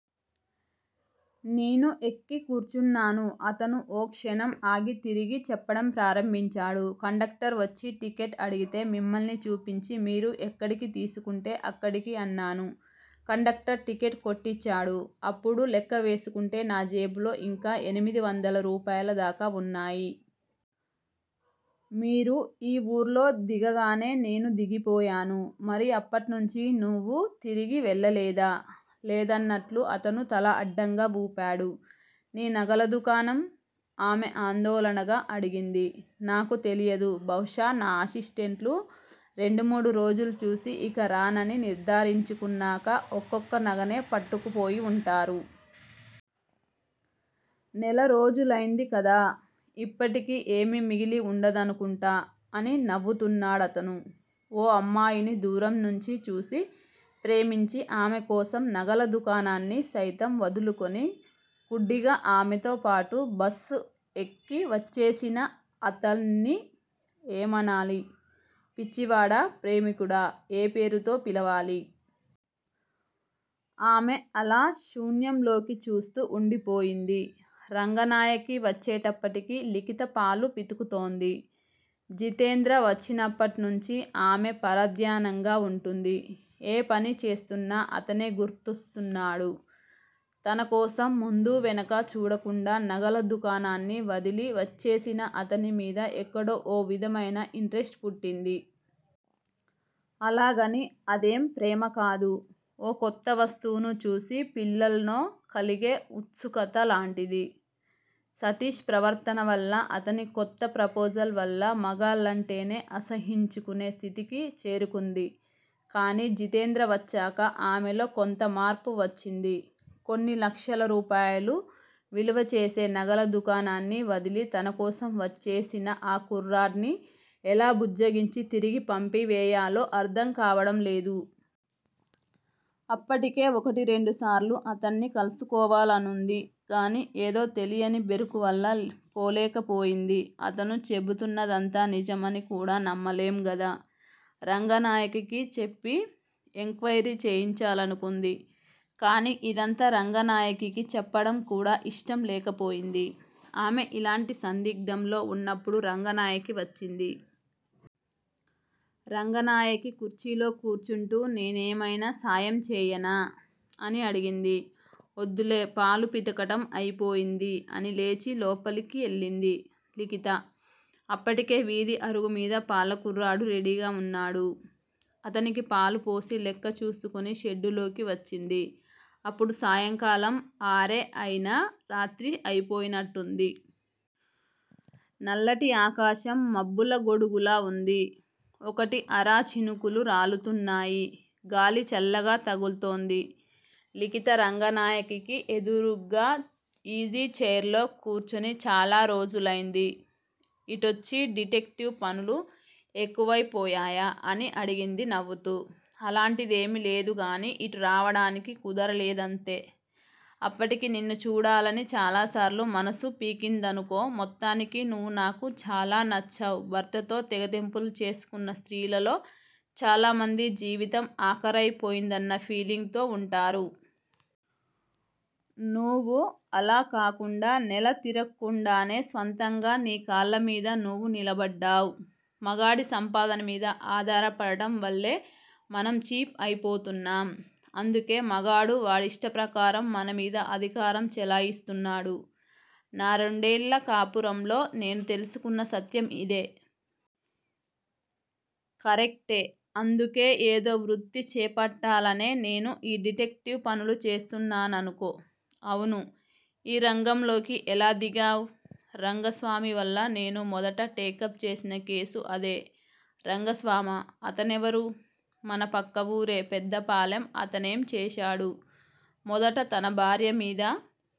నేను ఎక్కి కూర్చున్నాను అతను ఓ క్షణం ఆగి తిరిగి చెప్పడం ప్రారంభించాడు. కండక్టర్ వచ్చి టిక్కెట్ అడిగితే మిమ్మల్ని చూపించి మీరు ఎక్కడికి తీసుకుంటే అక్కడికి అన్నాను. కండక్టర్ టిక్కెట్ కొట్టిచ్చాడు. అప్పుడు లెక్క వేసుకుంటే నా జేబులో ఇంకా ఎనిమిది వందల రూపాయల దాకా వున్నాయి. మీరు ఈ వూర్లో దిగగానే నేనూ దిగిపోయాను మరి అప్పట్నుంచీ నువ్వు తిరిగి వెళ్ళలేదా? లేదన్నట్లు అతను తల అడ్డంగా వూపాడు. నీ నగల దుకాణం? ఆమె ఆందోళనగా అడిగింది. నాకు తెలియదు బహుశా నా అసిస్టెంట్లు రెండు మూడు రోజులు చూసి ఇక రానని నిర్దారించుకున్నాక ఒక్కొక్క నగనే పట్టుకు పోయి వుంటారు. నెల రోజులైంది కదా. ఇప్పటికీ ఏమీ మిగిలి వుండదనుకుంటా అని నవ్వుతున్నాడతను. ఓ అమ్మాయిని దూరం నుంచి చూసి, ప్రేమించి, ఆమె కోసం నగల దుకాణాన్ని సైతం వదులుకుని గుడ్డిగా ఆమెతో పాటు బస్సు ఎక్కి వచ్చేసిన అతన్ని ఏమనాలి? పిచ్చివాడా? ప్రేమికుడా? ఏ పేరుతో పిలవాలి? ఆమె అలా శూన్యం లోకి చూస్తూ వుండిపోయింది. రంగనాయకి వచ్చేటప్పటికి లిఖిత పాలు పితుకుతోంది. జితేంద్ర వచ్చినప్పట్నుంచి ఆమె పరధ్యానంగా వుంటుంది. ఏ పని చేస్తున్నా అతనే గుర్తొస్తున్నాడు. తనకోసం ముందూ వెనకా చూడకుండా నగల దుకాణాన్ని వదలి వచ్చేసిన అతని మీద ఎక్కడో ఓ విధమైన ఇంట్రెస్ట్ పుట్టింది. అలాగని అదేం ప్రేమ కాదు. ఓ కొత్త వస్తువును చూసి పిల్లల్నో కలిగే వుత్సుకత లాంటిది. సతీష్ ప్రవర్తనవల్ల అతని కొత్త ప్రపోజల్ వల్ల మగాళ్ళంటేనే అసహ్యించుకునే స్థితికి చేరుకుంది. కానీ జితేంద్ర వచ్చాక ఆమెలో కొంత మార్పు వచ్చింది. కొన్ని లక్షల రూపాయలు విలువ చేసే నగల దుకాణాన్ని వదిలి తనకోసం వచ్చేసిన ఆ కుర్రాడ్ని ఎలా బుజ్జగించి తిరిగి పంపివేయాలో అర్ధం కావడం లేదు. అప్పటికే ఒకటి రెండుసార్లు అతన్ని కలుసుకోవాలనుంది గానీ ఏదో తెలియని బెరుకు వల్ల పోలేకపోయింది. అతను చెబుతున్నదంతా నిజమని కూడా నమ్మలేం గదా. రంగనాయకకి చెప్పి ఎంక్వయిరీ చేయించాలనుకుంది. కానీ ఇదంతా రంగనాయకీకి చెప్పడం కూడా ఇష్టం లేకపోయింది. ఆమె ఇలాంటి సందిగ్ధంలో వున్నప్పుడు రంగనాయకి వచ్చింది. రంగనాయకి కుర్చీలో కూర్చుంటూ నేనేమైనా సాయం చేయనా? అని అడిగింది. ఒద్దులే పాలు పితకటం అయిపోయింది అని లేచి లోపలి కెళ్ళింది లిఖిత. అప్పటికే వీధి అరుగుమీద పాల కుర్రాడు రెడీగా వున్నాడు. అతనికి పాలు పోసి, లెక్క చూసుకుని షెడ్డులోకి వచ్చింది. అప్పుడు సాయంకాలం ఆరే అయినా రాత్రి అయిపోయినట్టుంది. నల్లటి ఆకాశం మబ్బుల గొడుగులా వుంది. ఒకటీ అరా చినుకులు రాలుతున్నాయి గాలి చల్లగా తగుల్తోంది. లిఖిత రంగనాయకకి ఎదురుగ్గా ఈజీ చైర్ లో కూర్చొని చాలా రోజులైంది ఇటొచ్చి- డిటెక్టివ్ పనులు ఎక్కువైపోయాయా? అని అడిగింది నవ్వుతూ. అలాంటిదేమీ లేదుగానీ ఇటు రావడానికి కుదరలేదంతే అప్పటికీ నిన్ను చూడాలని చాలా సార్లు మనసు పీకిందనుకో మొత్తానికి నువ్వు నాకు చాలా నచ్చావ్ భర్తతో తెగతెంపులు చేసుకున్న స్త్రీలలో చాలామంది జీవితం ఆఖరయి పోయిందన్న ఫీలింగ్ తో వుంటారు. నూవు అలా కాకుండా నెల తిరక్కుండానే స్వంతంగా నీ కాళ్ళమీద నువు నిలబడ్డావ్ మగాడి సంపాదన మీద ఆధారపడడం వల్లే మనం చీప్ అయిపోతున్నాం. అందుకే మగాడు వాడిష్ట ప్రకారం మన మీద అధికారం చెలాయిస్తున్నాడు. నా రెండేళ్ళ కాపురంలో నేను తెలుసుకున్న సత్యం ఇదే. కరెక్టే అందుకే ఏదో వృత్తి చేపట్టాలనే నేనూ ఈ డిటెక్టివ్ పనులు చేస్తున్నాననుకో అవునూ ఈ రంగంలోకి ఎలా దిగావ్? రంగస్వామి వల్ల నేను మొదట టేకప్ చేసిన కేసు అదే రంగస్వామా? అతనెవరు? మన పక్కవూరే- పెద్దపాలెం అతనేం చేశాడు? మొదట తన భార్య మీద